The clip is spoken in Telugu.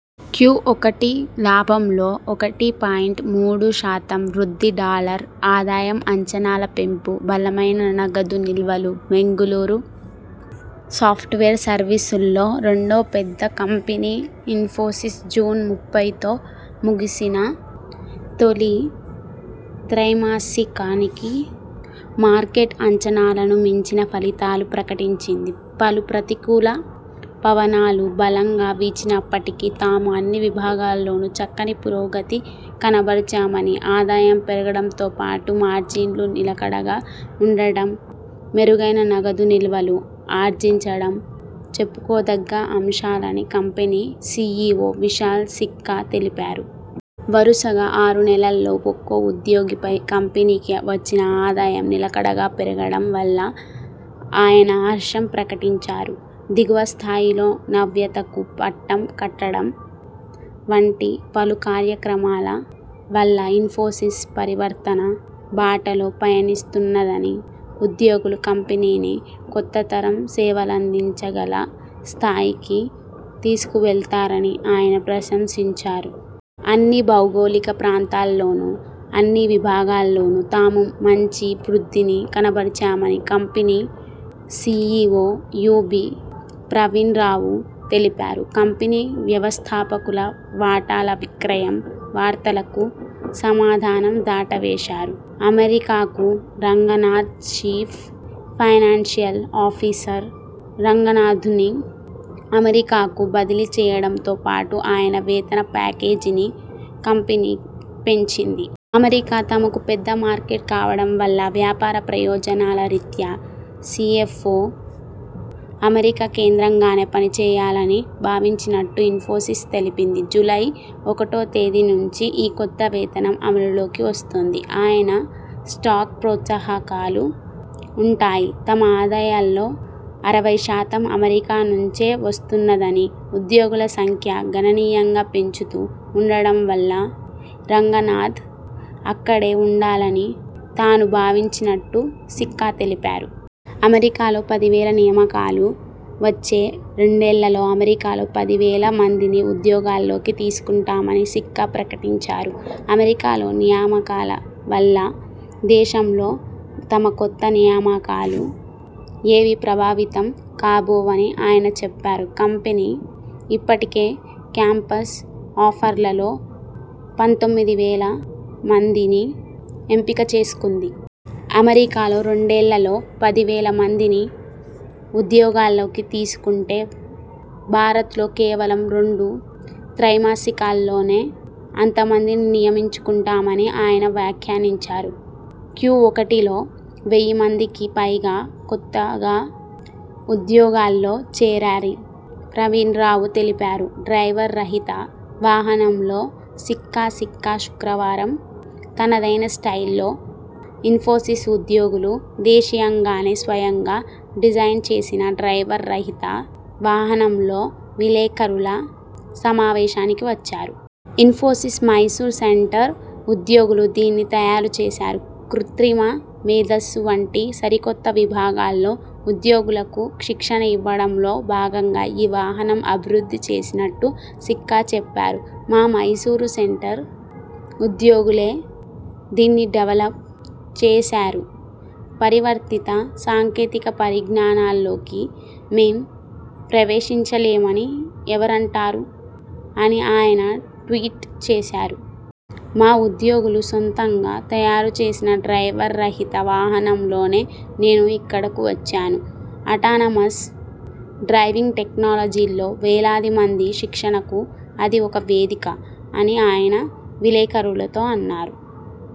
క్యుఒకటి లాభంలో ఒకటి పాయింట్ మూడు శాతం వృద్ధి డాలర్ ఆదాయం అంచనాల పెంపు బలమైన నగదు నిల్వలు బెంగళూరు సాఫ్ట్వేర్ సర్వీసుల్లో రెండో పెద్ద కంపెనీ ఇన్ఫోసిస్ జూన్ ముప్పైతో ముగిసిన తొలి త్రైమాసికానికి మార్కెట్ అంచనాలను మించిన ఫలితాలు ప్రకటించింది. పలు ప్రతికూల పవనాలు బలంగా వీచినప్పటికీ తాము అన్ని విభాగాల్లోనూ చక్కని పురోగతి కనబరిచామని, ఆదాయం పెరగడంతోపాటు, మార్జిన్లు నిలకడగా ఉండడం, మెరుగైన నగదు నిల్వలు ఆర్జించడం చెప్పుకో దగ్గ అంశాలని కంపెనీ సిఇఒ విశాల్ సిక్కా తెలిపారు. వరుసగా ఆరు నెలల్లో ఒక్కో ఉద్యోగిపై కంపెనీకి వచ్చిన ఆదాయం నిలకడగా పెరగడం వల్ల ఆయన హర్షం ప్రకటించారు. దిగువ స్థాయిలో నవ్యతకు పట్టం కట్టడం వంటి పలు కార్యక్రమాల వల్ల ఇన్ఫోసిస్ పరివర్తన బాటలో పయనిస్తున్నదని, ఉద్యోగులు కంపెనీని కొత్త తరం సేవలందించ గల స్థాయికి తీసుకువెళ్తారని ఆయన ప్రశంసించారు. అన్ని భౌగోళిక ప్రాంతాల్లోను, అన్ని విభాగాల్లోను తాము మంచి వృద్ధిని కనబరిచామని company CEO UB Pravin Rao తెలిపారు. కంపెనీ వ్యవస్థాపకుల వాటాల విక్రయం వార్తలకు సమాధానం దాటవేశారు. అమెరికాకు రంగనాథ్ చీఫ్ ఫైనాన్షియల్ ఆఫీసర్ రంగనాథ్నీ అమెరికాకు బదిలీ చేయడంతో పాటు ఆయన వేతన ప్యాకేజీని కంపెనీ పెంచింది. అమెరికా తమకు పెద్ద మార్కెట్ కావడం వల్ల వ్యాపార ప్రయోజనాల రీత్యా సిఎఫ్ ఒ అమెరికా కేంద్రంగానే పని చేయాలని భావించినట్టు ఇన్ఫోసిస్ తెలిపింది. జూలై ఒకటో తేదీ నుంచి ఈ కొత్త వేతనం అమలులోకి వస్తుంది. ఆయన స్టాక్ ప్రోత్సాహకాలు ఉంటాయి. తమ ఆదాయాల్లో అరవై శాతం అమెరికా నుంచే వస్తున్నదని, ఉద్యోగుల సంఖ్య గణనీయంగా పెంచుతూ ఉండడం వల్ల రంగనాథ్ అక్కడే ఉండాలని తాను భావించినట్టు సిక్కా తెలిపారు. అమెరికాలో పది వేల నియామకాలు వచ్చే రెండేళ్లలో అమెరికాలో పది వేల మందిని ఉద్యోగాల్లోకి తీసుకుంటామని సిక్కా ప్రకటించారు. అమెరికాలో నియామకాల వల్ల దేశంలో తమ కొత్త నియామకాలు ఏవీ ప్రభావితం కాబోవని ఆయన చెప్పారు. కంపెనీ ఇప్పటికే క్యాంపస్ ఆఫర్లలో పంతొమ్మిది వేల మందిని ఎంపిక చేసుకుంది. అమెరికాలో రెండేళ్ళలో పది వేల మందిని ఉద్యోగాల్లోకి తీసుకుంటే భారత్లో కేవలం రెండు త్రైమాసికాల్లోనే అంతమందిని నియమించుకుంటామని ఆయన వ్యాఖ్యానించారు. క్యుఒకటిలో వెయ్యి మందికి పైగా కొత్తగా ఉద్యోగాల్లో చేరారి ప్రవీణ్ రావు తెలిపారు. డ్రైవర్ రహిత వాహనంలో సిక్కా సిక్కా శుక్రవారం తనదైన స్టైల్లో ఇన్ఫోసిస్ ఉద్యోగులు దేశీయంగానే స్వయంగా డిజైన్ చేసిన డ్రైవర్ రహిత వాహనంలో విలేకరుల సమావేశానికి వచ్చారు. ఇన్ఫోసిస్ మైసూర్ సెంటర్ ఉద్యోగులు దీన్ని తయారుచేశారు. కృత్రిమ మేథస్సు వంటి సరికొత్త విభాగాల్లో ఉద్యోగులకు శిక్షణ ఇవ్వడంలో భాగంగా ఈ వాహనం అభివృద్ధి చేసినట్టు సిక్కా చెప్పారు. ''మా మైసూరు సెంటర్ ఉద్యోగులే దీన్ని డెవలప్ చేశారు. పరివర్తిత సాంకేతిక పరిజ్ఞానాల్లోకి మేం ప్రవేశించలేమని ఎవరంటారు'' అని ఆయన ట్వీట్ చేశారు. ''మా ఉద్యోగులు సొంతంగా తయారుచేసిన డ్రైవర్ రహిత వాహనంలోనే నేను ఇక్కడకు వచ్చాను, అటానమస్ డ్రైవింగ్ టెక్నాలజీల్లో వేలాది మంది శిక్షణకు అది ఒక వేదిక'' అని ఆయన విలేకరులతో అన్నారు.